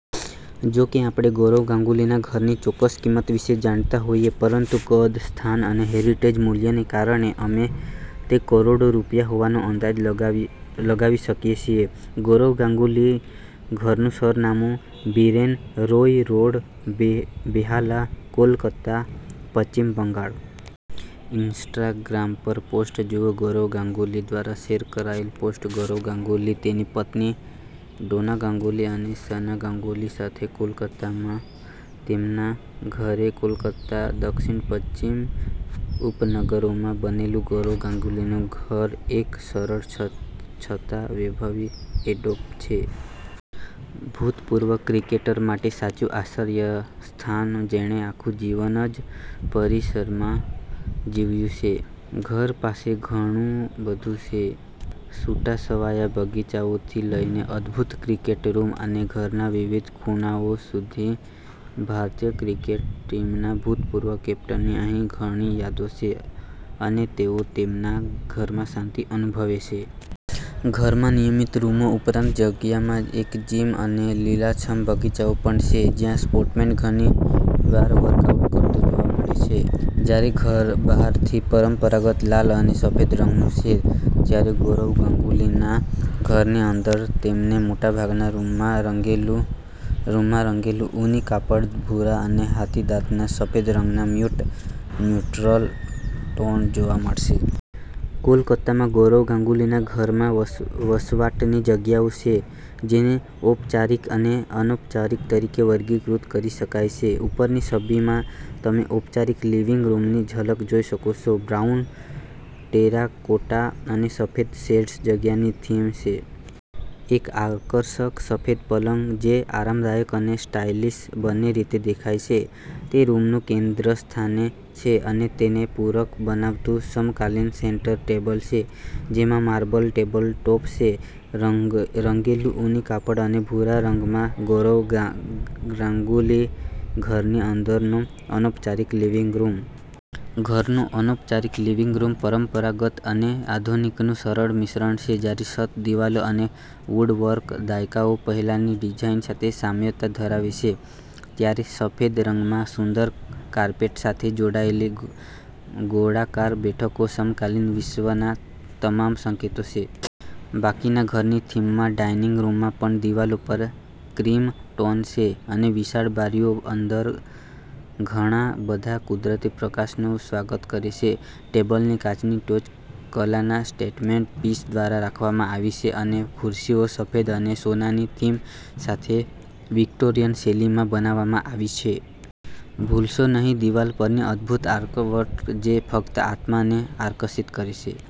જો કે આપણે સૌરવ ગાંગુલીના ઘરની ચોક્કસ કિંમત વિશે જાણતા હોઈએ પરંતુ કદ, સ્થાન અને હેરિટેજ મૂલ્યને કારણે અમે તે કરોડો રૂપિયા હોવાનો અંદાજ લગાવી શકીએ છીએ. સૌરવ ગાંગુલી ઘરનું સરનામું બીરેન રોય રોડ, બેહાલા, કોલકાતા, પશ્ચિમ બંગાળ. ઇન્સ્ટાગ્રામ પર પોસ્ટ જુઓ સૌરવ ગાંગુલી દ્વારા શેર કરાયેલ પોસ્ટ સૌરવ ગાંગુલી તેની પત્ની ડોના ગાંગુલી અને સના ગાંગુલી સાથે કોલકાતામાં તેમના ઘરે. કોલકાતાના દક્ષિણ-પશ્ચિમ ઉપનગરોમાં બનેલું સૌરવ ગાંગુલીનું ઘર એક સરળ છતાં વૈભવી એડોબ છે. ભૂતપૂર્વ ક્રિકેટર માટે સાચું આશ્રયસ્થાન જેણે આખું જીવન જ પરિસરમાં જીવ્યું છે. ઘર પાસે ઘણું બધું છે. છૂટાછવાયા બગીચાઓથી લઈને અદ્ભુત ક્રિકેટ રૂમ અને ઘરના વિવિધ ખૂણાઓ સુધી ભારતીય ક્રિકેટ ટીમના ભૂતપૂર્વ કેપ્ટનની અહીં ઘણી યાદો છે અને તેઓ તેમના ઘરમાં શાંતિ અનુભવે છે. ઘરમાં નિયમિત રૂમો ઉપરાંત, જગ્યામાં એક જિમ અને લીલાછમ બગીચાઓ પણ છે જ્યાં સ્પોર્ટ્સમેન ઘણીવાર વર્કઆઉટ કરતો જોવા મળે છે. જ્યારે ઘર બહારથી પરંપરાગત લાલ અને સફેદ રંગનું છે, ત્યારે સૌરવ ગાંગુલીના ઘરની અંદર તમને મોટાભાગના રૂમમાં રંગેલું ઊની કાપડ, ભૂરા અને હાથીદાંતના સફેદ રંગના મ્યૂટ ન્યુટ્રલ ટોન જોવા મળશે. કોલકાતામાં સૌરવ ગાંગુલીના ઘરમાં વસવાટની જગ્યાઓ છે જેને ઔપચારિક અને અનૌપચારિક તરીકે વર્ગીકૃત કરી શકાય છે. ઉપરની છબીમાં તમે ઔપચારિક લિવિંગ રૂમની ઝલક જોઈ શકો છો. બ્રાઉન, ટેરાકોટા અને સફેદ શેડ્સ જગ્યાની થીમ છે. એક આકર્ષક સફેદ પલંગ જે આરામદાયક અને સ્ટાઇલિશ બંને રીતે દેખાય છે તે રૂમનું કેન્દ્રસ્થાને છે અને તેને પૂરક બનાવતું સમકાલીન સેન્ટર ટેબલ છે જેમાં માર્બલ ટેબલ ટોપ છે. રંગેલું ઊની કાપડ અને ભૂરા રંગમાં સૌરવ ગ્નાગુલી ઘરની અંદરનો અનૌપચારિક લિવિંગ રૂમ. ઘરનો અનૌપચારિક લિવિંગ રૂમ પરંપરાગત અને આધુનિકનું સરળ મિશ્રણ છે. જ્યારે છત, દિવાલો અને વુડવર્ક દાયકાઓ પહેલાની ડિઝાઈન સાથે સામ્યતા ધરાવે છે, ત્યારે સફેદ રંગમાં સુંદર કાર્પેટ સાથે જોડાયેલી ગોળાકાર બેઠકો સમકાલીન વિશ્વના તમામ સંકેતો છે. બાકીના ઘરની થીમમાં, ડાઇનિંગ રૂમમાં પણ દિવાલો પર ક્રીમ ટોન છે અને વિશાળ બારીઓ અંદર ઘણા બધા કુદરતી પ્રકાશનું સ્વાગત કરે છે. ટેબલની કાચની ટોચ કલાના સ્ટેટમેન્ટ પીસ દ્વારા રાખવામાં આવી છે અને ખુરશીઓ સફેદ અને સોનાની થીમ સાથે વિક્ટોરિયન શૈલીમાં બનાવવામાં આવી છે. ભૂલશો નહીં દિવાલ પરની અદભૂત આર્ટવર્ક જે ફક્ત આત્માને આકર્ષિત કરે છે.